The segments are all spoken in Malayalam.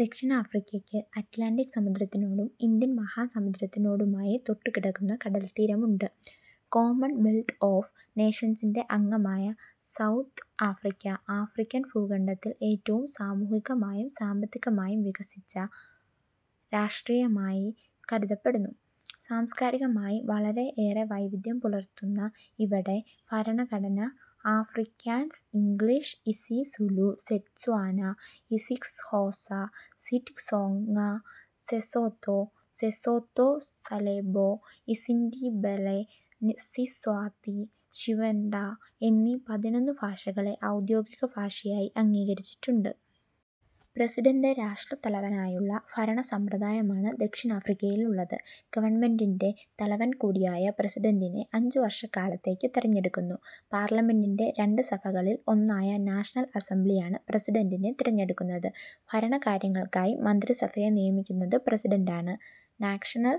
ദക്ഷിണാഫിക്കയ്ക്ക് അറ്റ്ലാന്റിക് സമുദ്രത്തിനോടും ഇന്ത്യൻ മഹാസമുദ്രത്തിനോടുമായി തൊട്ടുകിടക്കുന്ന കടൽത്തീരമുണ്ട് കോമൺവെൽത്ത് ഓഫ് നേഷൻസിന്റെ അംഗമായ സൗത്ത് ആഫ്രിക്ക, ആഫ്രിക്കൻ ഭൂഖണ്ഡത്തിൽ ഏറ്റവും സാമൂഹികമായും സാമ്പത്തികമായും വികസിച്ച രാഷ്ട്രമായി കരുതപ്പെടുന്നു. സാംസ്കാരികമായി വളരേയേറെ വൈവിധ്യം പുലർത്തുന്ന് ഇവിടെ ഭരണഘടന Afrikaans, English, isiZulu, Setswana isiXhosa, Xitsonga, Sesotho, Sesotho sa Leboa, isiNdebele, Siswati, Xivenda, എന്നീ പതിനൊന്ന് ഭാഷകളെ ഔദ്യോഗികഭാഷയായി അംഗീകരിച്ചിട്ടുണ്ട്. പ്രസിഡന്റ് രാഷ്ട്രത്തലവനായുള്ള ഭരണസമ്പ്രദായമാണ് ദക്ഷിണാഫ്രിക്കയിലുള്ളത്. ഗവണ്മെന്റിന്റെ തലവൻകൂടിയായ പ്രസിഡന്റിനെ അഞ്ചുവർഷക്കാലത്തേക്കു തെരഞ്ഞെടുക്കുന്നു. പാർലമെന്റിന്റെ രണ്ട് സഭകളിൽ ഒന്നായ നാഷണൽ അസംബ്ലിയാണ് പ്രസിഡന്റിനെ തെരഞ്ഞെടുക്കുന്നത്. ഭരണ കാര്യങ്ങൾക്കായി മന്ത്രിസഭയെ നിയമിക്കുന്നത് പ്രസിഡന്റാണ്. നാഷണൽ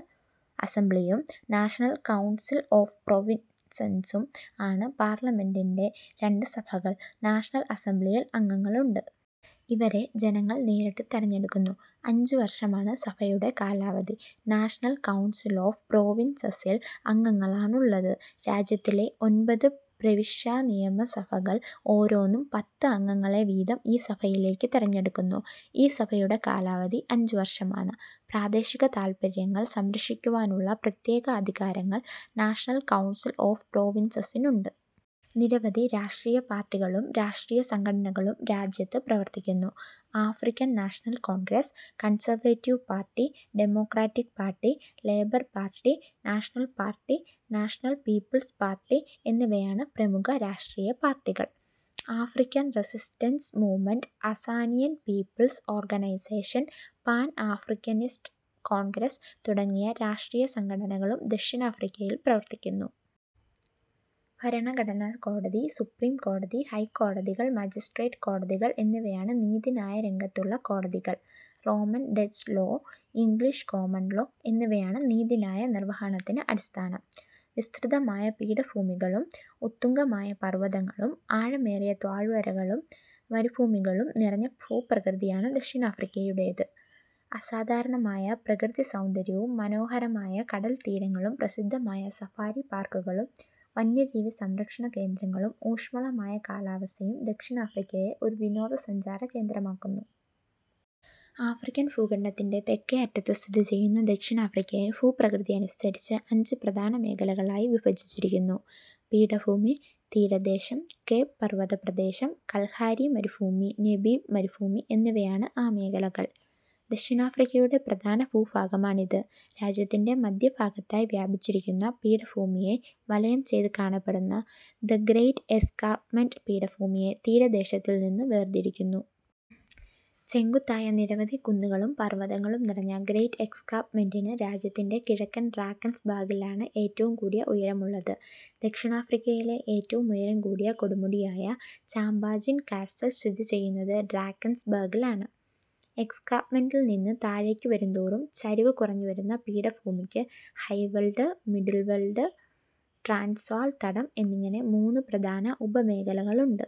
അസംബ്ലിയും നാഷണൽ കൗൺസിൽ ഒഫ് പ്രോവിൻസസും ആണ് പാർലമെന്റിന്റെ രണ്ട് സഭകൾ. നാഷണൽ അസംബ്ളിയിൽ അംഗങ്ങളുണ്ട്. ഇവരെ ജനങ്ങൾ നേരിട്ട് തെരഞ്ഞെടുക്കുന്നു. അഞ്ചുവർഷമാണ് സഭയുടെ കാലാവധി. നാഷണൽ കൌൺസിൽ ഒഫ് പ്രോവിൻസസിൽ അംഗങ്ങളാണുള്ളത്. രാജ്യത്തിലെ ഒൻപത് പ്രവിശ്യാനിയമസഭകൾ ഓരോന്നും പത്ത് അംഗങ്ങളെ വീതം ഈ സഭയിലേക്കു തെരഞ്ഞെടുക്കുന്നു. ഈ സഭയുടെയും കാലാവധി അഞ്ചുവർഷമാണ്. പ്രാദേശിക താത്പര്യങ്ങൾ സംരക്ഷിക്കുവാനുള്ള പ്രത്യേക അധികാരങ്ങൾ നാഷണൽ കൌൺസിൽ ഒഫ് പ്രോവിൻസസിനുണ്ട്. നിരവധി രാഷ്ട്രീയ പാർട്ടികളും രാഷ്ട്രീയ സംഘടനകളും രാജ്യത്ത് പ്രവർത്തിക്കുന്നു. African National Congress, Conservative Party, Democratic Party, Labour Party, National Party, National People's Party എന്നിവയാണ് പ്രമുഖ രാഷ്ട്രീയ പാർട്ടികൾ. African Resistance Movement, Azanian People's Organisation, Pan Africanist Congress തുടങ്ങിയ രാഷ്ട്രീയ സംഘടനകളും ദക്ഷിണാഫ്രിക്കയിൽ പ്രവർത്തിക്കുന്നു. ഭരണഘടനാ കോടതി, സുപ്രീം കോടതി, ഹൈക്കോടതികൾ, മജിസ്റ്റ്രേറ്റ് കോടതികൾ എന്നിവയാണ് നീതിന്യായരംഗത്തുള്ള കോടതികൾ. Roman Dutch law, English common law എന്നിവയാണ് നീതിന്യായ നിർവഹണത്തിന് അടിസ്ഥാനം. വിസ്തൃതമായ പീഠഭൂമികളും ഉത്തുംഗമായ പർവതങ്ങളും ആഴമേറിയ താഴ്വരകളും മരുഭൂമികളും നിറഞ്ഞ ഭൂപ്രകൃതിയാണ് ദക്ഷിണാഫ്രിക്കയുടേത്. അസാധാരണമായ പ്രകൃതിസൗന്ദര്യവും മനോഹരമായ കടൽത്തീരങ്ങളും പ്രസിദ്ധമായ സഫാരി പാർക്കുകളും വന്യജീവി സംരക്ഷണകേന്ദ്രങ്ങളും ഊഷ്മളമായ കാലാവസ്ഥയും ദക്ഷിണാഫ്രിക്കയെ ഒരു വിനോദസഞ്ചാരകേന്ദ്രമാക്കുന്നു. ആഫ്രിക്കൻ ഭൂഖണ്ഡത്തിന്റെ തെക്കേയറ്റത്തു സ്ഥിതിചെയ്യുന്ന ദക്ഷിണാഫ്രിക്കയെ ഭൂപ്രകൃതിയനുസരിച്ച് അഞ്ച് പ്രധാന മേഖലകളായി വിഭജിച്ചിരിക്കുന്നു. പീഠഭൂമി, തീരദേശം, കേപ് പർവതപ്രദേശം, കൽഹാരി മരുഭൂമി, നമീബ് മരുഭൂമി എന്നിവയാണ് ആ മേഖലകൾ. ദക്ഷിണാഫ്രിക്കയുടെ പ്രധാന ഭൂഭാഗമാണിത്. രാജ്യത്തിന്റെ മധ്യഭാഗത്തായി വ്യാപിച്ചിരിക്കുന്ന പീഠഭൂമിയെ വലയംചെയ്തു കാണപ്പെടുന്ന 'ദ് ഗ്രെയ്റ്റ് എസ്കാർപ്മെന്റ്' പീഠഭൂമിയെ തീരദേശത്തിൽനിന്നു വേർതിരിക്കുന്നു. ചെങ്കുത്തായ നിരവധി കുന്നുകളും പർവതങ്ങളും നിറഞ്ഞ ഗ്രെയ്റ്റ് എസ്കാർപ്മെന്റിന് രാജ്യത്തിന്റെ കിഴക്കൻ ഡ്രാക്കൻസ്ബർഗിലാണ് ഏറ്റവും കൂടിയ ഉയരം ഉള്ളത്. ദക്ഷിണാഫ്രിക്കയിലെ ഏറ്റവും ഉയരം കൂടിയ കൊടുമുടിയായ ചാമ്പാജിൻ കാസ്റ്റൽ സ്ഥിതിചെയ്യുന്നത് ഡ്രാക്കൻസ്ബർഗിലാണ്. എസ്കാർപ്മെന്റിൽ നിന്ന് താഴേക്കു വരുന്തോറും ചരിവ് കുറഞ്ഞുവരുന്ന പീഠഭൂമിക്ക് Highveld, Middleveld, Transvaal തടം എന്നിങ്ങനെ മൂന്ന് പ്രധാന ഉപമേഖലകളുണ്ട്.